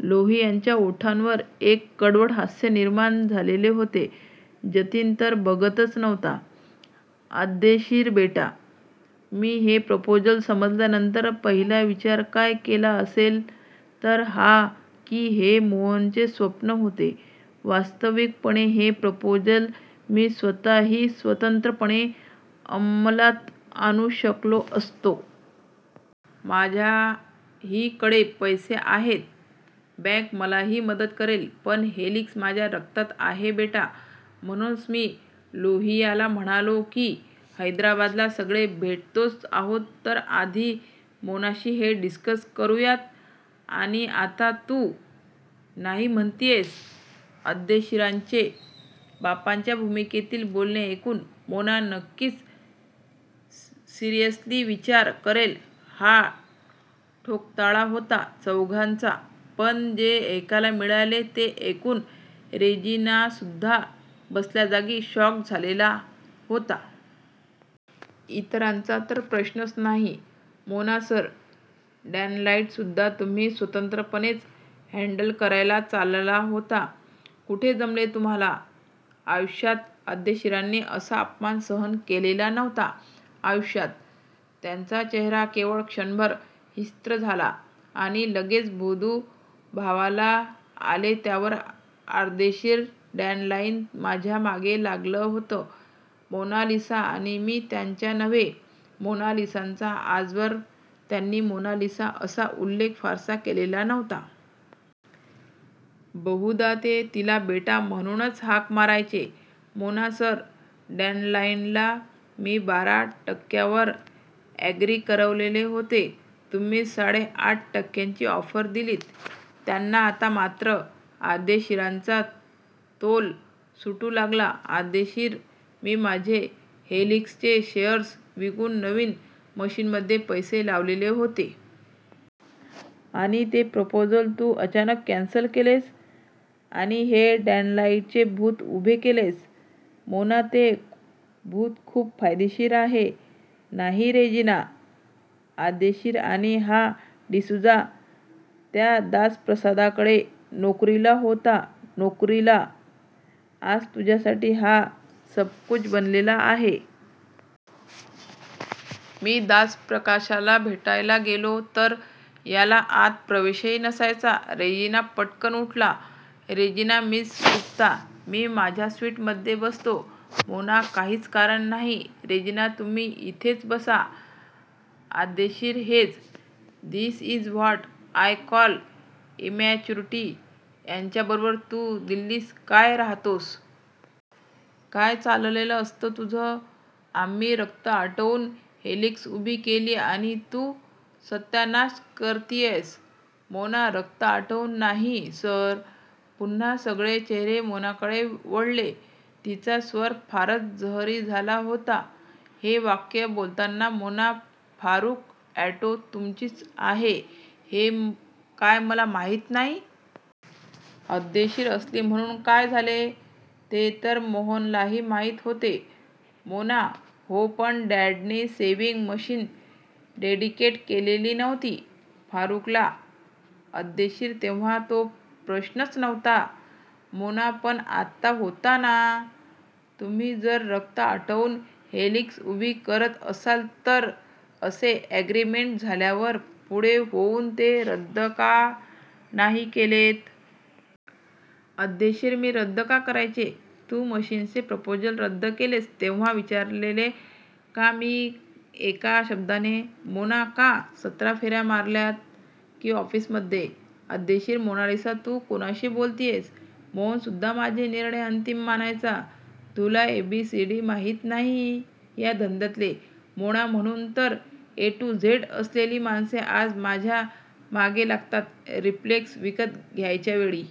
लोहियांच्या ओठांवर एक कडवट हास्य निर्माण झालेले होते. जतीन तर वर बघतच नव्हता. अर्देशीर बेटा, मी हे प्रपोजल समजल्यानंतर पहिला विचार काय केला असेल तर हा, की हे मोहनचे स्वप्न होते. वास्तविकपणे हे प्रपोजल मी स्वतःही स्वतंत्रपणे अंमलात आणू शकलो असतो. माझ्याहीकडे पैसे आहेत. बॅन्क मलाही मदत करेल पण हेलिक्स माझ्या रक्तात आहे बेटा, म्हणूनच मी लोहियाला म्हणालो की हैदराबादला सगळे भेटतोच आहोत तर आधी मोनाशी हे डिस्कस करूयात आणि आता तू नाही म्हणतीयस, अर्देशीरांचे 'बापाच्या' भूमिकेतील बोलणे ऐकून मोना नक्कीच सिरियसली विचार करेल हा ठोकताळा होता चौघांचा पण जे ऐकायला मिळाले ते ऐकून रेजिनासुद्धा बसल्याजागी शॉक्ड झालेला होता. इतरांचा तर प्रश्नच नाही.मोना सर, डॅनलाईनसुद्धा तुम्ही स्वतंत्रपणेच हॅन्डल करायला चालला होतात. कुठे जमले तुम्हाला? आयुष्यात अर्देशीरांनी असा अपमान सहन केलेला नव्हता. आयुष्यात! त्यांचा चेहरा केवळ क्षणभरच हिंस्त्र झाला आणि लगेच मृदू भाव आले त्यावर अर्देशीर डॅनलाईन माझ्या मागे लागलं होतं मोनालिसा मी त्यांच्या नव्हे, मोनालिसाचा आजवर त्यांनी 'मोनालिसा' असा उल्लेख फारसा केलेला नव्हता. बहुधा ते तिला 'बेटा' म्हणूनच हाक मारायचे. मोना सर, डॅनलाईनला मी बारा टक्यांवर अॅग्री करवलेले होते. तुम्ही साडे सहा टक्यांची ऑफर दिलीत त्यांना आता मात्र अर्देशीरांचा तोल सुटू लागला. अर्देशीर मी माझे हेलिक्सचे शेअर्स विकून नवीन मशीन्समध्ये पैसे लावलेले होते. आणि ते प्रपोजल तू अचानक कॅन्सल केलेस आणि हे डॅनलाईनचे भूत उभे केलेस. मोना ते भूत खूप फायदेशीर आहे. नाही रेजिना? अर्देशीर आणि हा डिसूझा, त्या दासप्रकाशकडे नोकरीला होता नोकरीला. आज तुझ्यासाठी हा सबकुछ बनलेला आहे. मी दासप्रकाशला भेटायला गेलो तर याला आत प्रवेशही नसायचा. रेजिना पटकन उठला, रेजिना मिस गुप्ता, मी माझ्या स्विटमध्ये बसतो. मोना काहीच कारण नाही रेजिना तुम्ही इथेच बसा. अर्देशीर हेच. This is what I call immaturity याच्याबरोबर तू दिल्लीत काय राहतेस. काय चाललेलं असतं तुझं? आम्ही रक्त आटवून हेलिक्स उभी केली आणि तू सत्यानाश करतीयस. मोना रक्त आटवून नाही सर, पुन्हा सगळे चेहरे मोनाकडे वळले. तिचा स्वर फारच जहरी झाला होता हे वाक्य बोलताना मोना फारुख ऑटो तुमचीच आहे हे काय मला माहीत नाही? अर्देशीर असली म्हणून काय झाले? ते तर मोहनलाही माहीत होते. मोना हो पण डॅडनी शेव्हिंग मशीन्स डेडिकेट केलेली नव्हती फारुखला. अर्देशीर तेव्हा तो प्रश्नच नव्हता मोना पण आत्ता होता .ना? तुम्ही जर रक्त आटवून 'हेलिक्स' उभी करत असाल तर असे अॅग्रीमेन्ट झाल्यावर पुढे होऊन ते रद्द का नाही केलेत? अर्देशीर मी का रद्द करायचे? तू मशीन्सचे प्रपोजल रद्द केलेस तेव्हा विचारले का मी एका शब्दाने? मोना का?? सतरा फेर्या मारल्यात की ऑफीसमध्ये, अर्देशीर मोनालिसा तू कुणाशी बोलतीयस? मोहन सुद्धा माझे निर्णय अंतीम मानायचा तुला ए बी सी डी माहीत नाही या धंद्यातले, मोना म्हणून तर ए टू झेड असलेली माणसे आज माझ्याच मागे लागतात सिम्प्लेक्स विकत घ्यायच्यावेळी.--